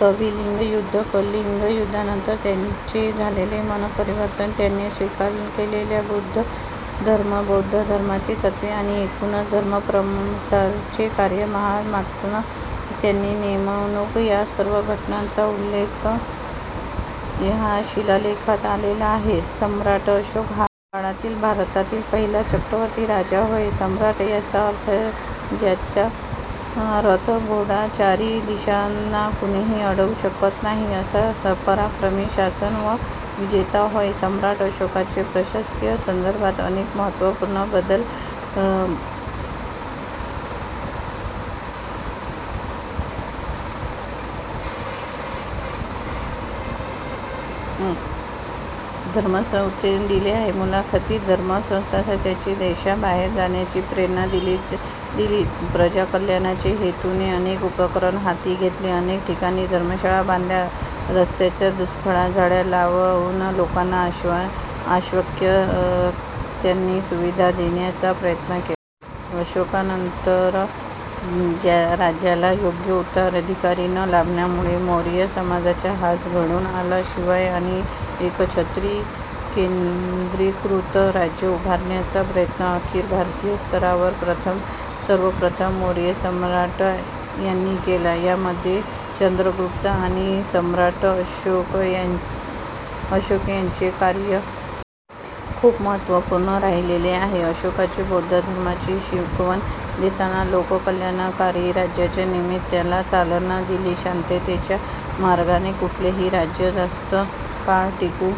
कलिंग युद्ध कलिंग युद्धानंतर त्याचे झालेले मनपरिवर्तन, त्याने स्वीकार केलेल्या बौद्ध धर्म, बौद्ध धर्माची तत्त्वे आणि एकूणच धर्मप्रसाराचे कार्य महामात्र यांची नेमणूक या सर्व घटनांचा उल्लेख हा शिलालेखात आलेला आहे. सम्राट अशोक हा या काळातील भारतातील पहिला चक्रवर्ती राजा होय सम्राट याचा अर्थ ज्याचा रथ घोडा चारी दिशांना कुणीही अडवू शकत नाही असा पराक्रमी शासक व विजेता होय सम्राट अशोकाने प्रशासकीय संदर्भाने अनेक महत्त्वपूर्ण बदल केले प्रशासनामध्ये महामांत्रा हे पद निर्माण करून धर्मप्रसाराला उत्तेजन दिले आपल्या मुलांनादेखील धर्मप्रसारासाठी त्यांनी देशाबाहेर जाण्यासाठी प्रेरणा दिली प्रजा कल्याणाचे हेतूने अनेक उपक्रम हाती घेतले अनेक ठिकाणी धर्मशाळा बांधल्या रस्त्याच्या दुतर्फा झाडी लावून लोकांना आवश्यक त्या सुविधा देण्याचा प्रयत्न केला. अशोकानंतर राज्याला योग्य उत्तराधिकारी न लाभल्यामुळे मौर्य साम्राज्याचा ऱ्हास घडून आला विशाल आणि एकछत्री केंद्रीकृत राज्य उभारण्याचा प्रयत्न अखिल भारतीय स्तरावर सर्वप्रथम मौर्य सम्राट यांनी केला यामध्ये चंद्रगुप्त आणि सम्राट अशोक यांची कार्य खूप महत्त्वपूर्ण राहिलेली आहे अशोकाने बौद्ध धर्माची शिकवण देताना लोककल्याणकारी राज्याच्या निर्मितीला चालना दिली शांततेच्या मार्गाने कुठलेही राज्य जास्त काळ टिकू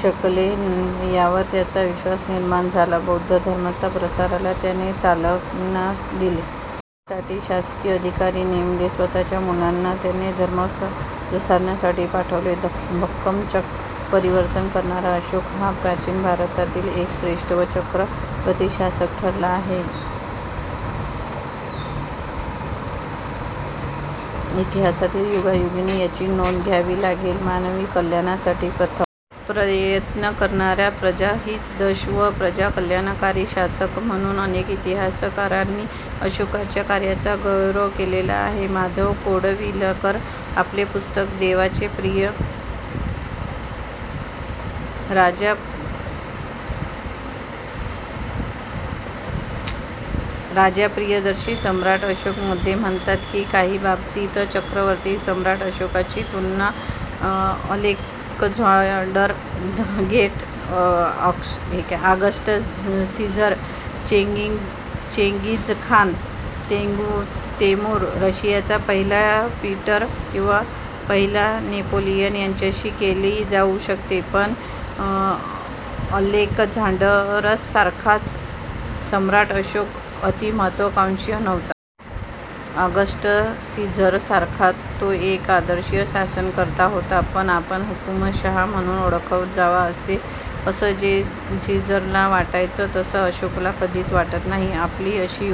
शकेल यावर त्याचा विश्वास निर्माण झाला बौद्ध धर्माच्या प्रसाराला त्याने चालना दिले त्यासाठी शासकीय अधिकारी नेमले स्वतःच्या मुलांना त्याने धर्म प्रसारासाठी पाठवले धम्मचक्र परिवर्तन करणारा अशोक हा प्राचीन भारतातील एक श्रेष्ठ व चक्रवर्ती शासक ठरला आहे इतिहासाला युगानुयुगे त्याची नोंद घ्यावी लागेल मानवी कल्याणासाठी पथक प्रयत्न करणारा प्रजा हीच दक्ष व प्रजा कल्याणकारी शासक म्हणून अनेक इतिहासकारांनी अशोकाच्या कार्याचा गौरव केलेला आहे माधव कोंडविलकर आपले पुस्तक 'देवांचा प्रिय राजा प्रियदर्शी सम्राट अशोक' मध्ये म्हणतात की, ''काही बाबतीत चक्रवर्ती सम्राट अशोकांची तुलना, Alexander the Great, Augustus Caesar, Genghis Khan, Timur, रशियाचा पहिला पीटर किंवा पहिला नेपोलियन यांच्याशी केली जाऊ शकते; पण अलेक्झांडरसारखा सम्राट् अशोक अति-महत्त्वाकांक्षी नव्हता. ऑगस्टस सीझरसारखा तो एक आदर्श शासनकर्ता होता; पण आपण हुकूमशहा म्हणून ओळखलं जावं असं जे सीझरला वाटायचं तसं अशोकाला कधीच वाटलं नाही. आपली तशी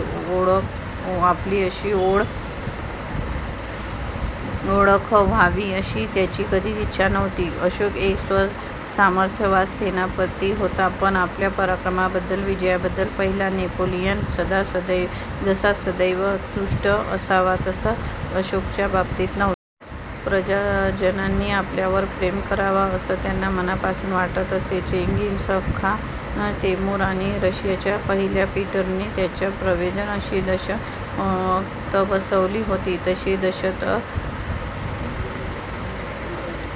ओळख व्हावी अशी त्याची कधीच इच्छा नव्हती. अशोक एक सामर्थ्यवान सेनापती होता; पण आपल्या पराक्रमाबद्दल, विजयाबद्दल पहिला नेपोलियन जसा सदैव असंतुष्ट असायचा तसं अशोकाचा बाबतीत नव्हतं. प्रजाजनांनी आपल्यावर प्रेम करावं, असं त्याला मनापासून वाटत असे. चेंगीसखान, तैमूर आणि रशियाच्या पहिल्या पीटरने त्यांच्या प्रजेवर जशी दहशत बसवली होती, तशी दहशत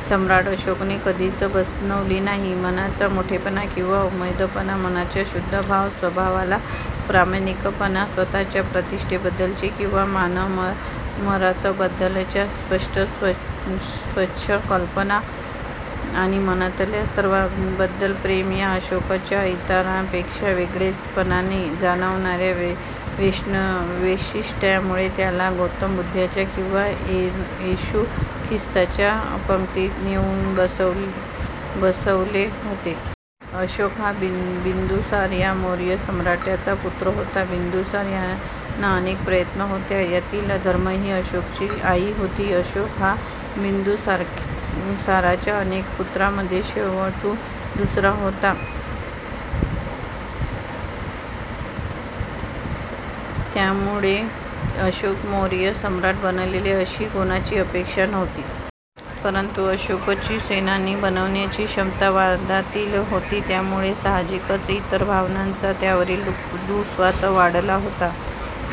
सम्राट अशोकने कधीच बसवली नाही. मनाचा मोठेपणा किंवा उमदेपणा, मनातला शुद्ध भाव, स्वभावातला प्रामाणिकपणा, स्वतःच्या प्रतिष्ठेबद्दलची किंवा मानमरातबाबद्दलच्या स्पष्ट स्वच्छ कल्पना आणि मनातलं सर्वांबद्दलचं प्रेम या अशोकाच्या, इतरांपेक्षा वेगळेपणाने जाणवणाऱ्या वैशिष्ट्यांमुळे त्याला गौतम बुद्धांच्या किंवा येशू ख्रिस्ताच्या पंक्तीत नेऊन बसवले होते. '' अशोक हा बिंदुसार या मौर्य सम्राटाचा पुत्र होता. बिंदुसार यांना अनेक पत्नी होत्या, त्यातील धर्मा ही अशोकची आई होती. अशोक हा बिंदुसाराच्या अनेक पुत्रांमध्ये शेवटून दुसरा होता. त्यामुळे अशोक मौर्य सम्राट बनेल अशी कोणाची अपेक्षा नव्हती. परंतु अशोकची सेनानी बनण्याची क्षमता वादातीत होती. त्यामुळे साहजिकच इतर भावांचा त्यावरील दुःस्वास वाढला होता.